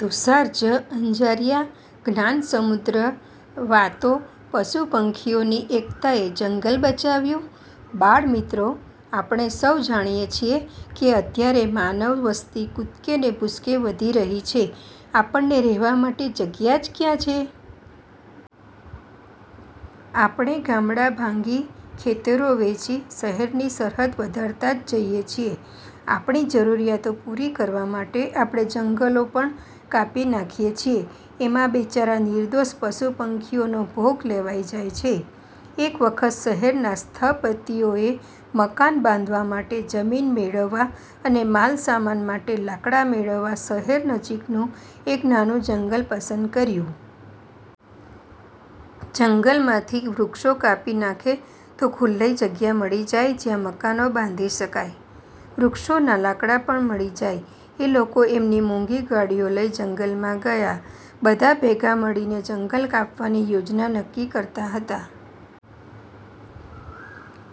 તુષાર જ. અંજારિયા જ્ઞાન સમૃદ્ધ વાતો પશુ-પંખીઓની એકતાએ જંગલ બચાવ્યું! બાળ મિત્રો, આપણે સૌ જાણીએ છીએ કે અત્યારે માનવ વસ્તી કૂદકે ને ભૂસકે વધી રહી છે. આપણને રહેવા માટે જગ્યા જ ક્યાં છે? આપણે ગામડાં ભાંગી, ખેતરો વેંચી શહેરોની સરહદ વધારતા જ જઈએ છીએ. આપણી જરૂરિયાતો પૂરી કરવા માટે આપણે જંગલો પણ કાપી નાખીએ છીએ એમાં બિચારાં નિર્દોષ પશુ-પંખીઓનો ભોગ લેવાઈ જાય છે. એક વખત શહેરના સ્થપતિઓએ મકાન બાંધવા માટે જમીન મેળવવા અને માલ સામાન માટે લાકડાં મેળવવા શહેર નજીકનું એક નાનું જંગલ પસંદ કર્યું. જંગલમાંથી વૃક્ષો કાપી નાખે તો ખુલ્લી જગ્યા મળી જાય જયાં મકાનો બાંધી શકાય. વૃક્ષોનાં લાકડાં પણ મળી જાય. એ લોકો એમની મોંઘી ગાડીઓ લઇ જંગલમાં ગયા. બધા ભેગા મળીને જંગલ કાપવાની યોજના નક્કી કરતા હતા.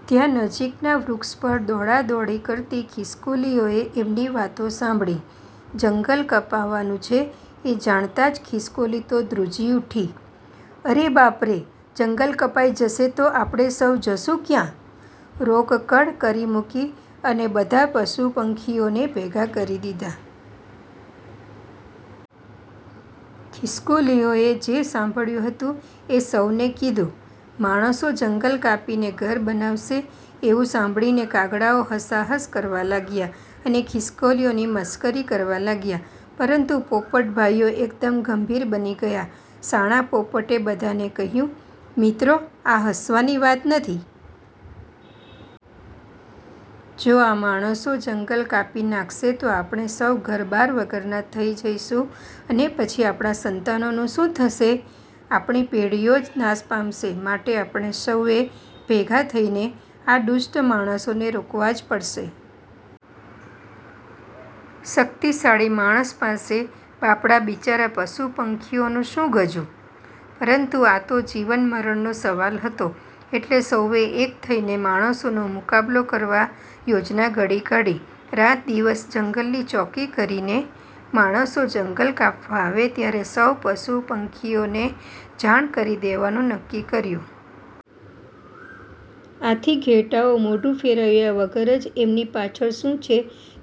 ત્યાં નજીકના વૃક્ષ પર દોડા દોડી કરતી ખિસકોલીઓએ એમની વાતો સાંભળી. જંગલ કપાવાનું છે એ જાણતાં જ ખિસકોલી તો ધ્રુજી ઉઠી. "અરે બાપ રે, જંગલ કપાઈ જશે તો આપણે સૌ જશું ક્યાં? " રોકકળ કરી મૂકી અને બધાં પશુ પંખીઓને ભેગાં કરી દીધાં. ખિસકોલીઓએ જે સાંભળ્યું હતું એ સૌને કીધું. માણસો જંગલ કાપીને ઘર બનાવશે એવું સાંભળીને કાગડાઓ હસા હસ કરવા લાગ્યા અને ખિસકોલીઓની મશ્કરી કરવા લાગ્યા. પરંતુ પોપટભાઈઓ એકદમ ગંભીર બની ગયા. શાણા પોપટે બધાંને કહ્યું, "મિત્રો, આ હસવાની વાત નથી. જો આ માણસો જંગલ કાપી નાંખશે તો આપણે સૌ ઘરબાર વગરના થઇ જઈશું અને પછી આપણા સંતાનોનું શું થશે? આપણી પેઢીઓ જ નાશ પામશે. માટે આપણે સૌએ ભેગાં થઈને આ દુષ્ટ માણસોને રોકવા જ પડશે. " શક્તિશાળી માણસ પાસે બાપડાં-બિચારાં પશુ પંખીઓનું શું ગજું? પરંતુ આ તો જીવન મરણનો સવાલ હતો એટલે સૌએ એક થઈને માણસોનો મુકાબલો કરવા યોજના ઘડી કાઢી. રાત દિવસ જંગલની ચોકી કરીને, માણસો જંગલ કાપવા આવે ત્યારે સૌ પશુ પંખીઓને જાણ કરી દેવાનું નક્કી કર્યું. આથી ઘેટાંઓ મોઢું ફેરવ્યા વગર જ એમની પાછળ શું છે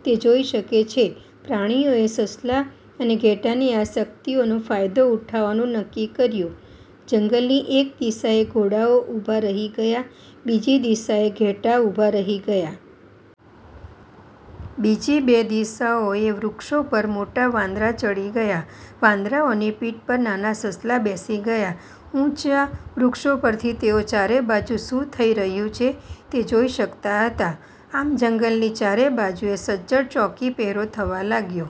તે જોઈ શકે છે. પ્રાણીઓએ સસલાં અને ઘેટાંની આ શક્તિઓનો ફાયદો ઉઠાવવાનું નક્કી કર્યું. જંગલની એક દિશાએ ઘોડાઓ ઉભા રહી ગયા. બીજી દિશાએ ઘેટાં ઊભાં રહી ગયાં. બીજી બે દિશાઓએ વૃક્ષો પર મોટા વાંદરા ચડી ગયા. વાંદરાઓની પીઠ પર નાનાં સસલાં બેસી ગયાં. ઊંચા વૃક્ષો પરથી તેઓ ચારે બાજુ શું થઇ રહ્યું છે તે જોઈ શકતા હતા. આમ જંગલની ચારે બાજુએ સજ્જડ ચોકી પહેરો થવા લાગ્યો.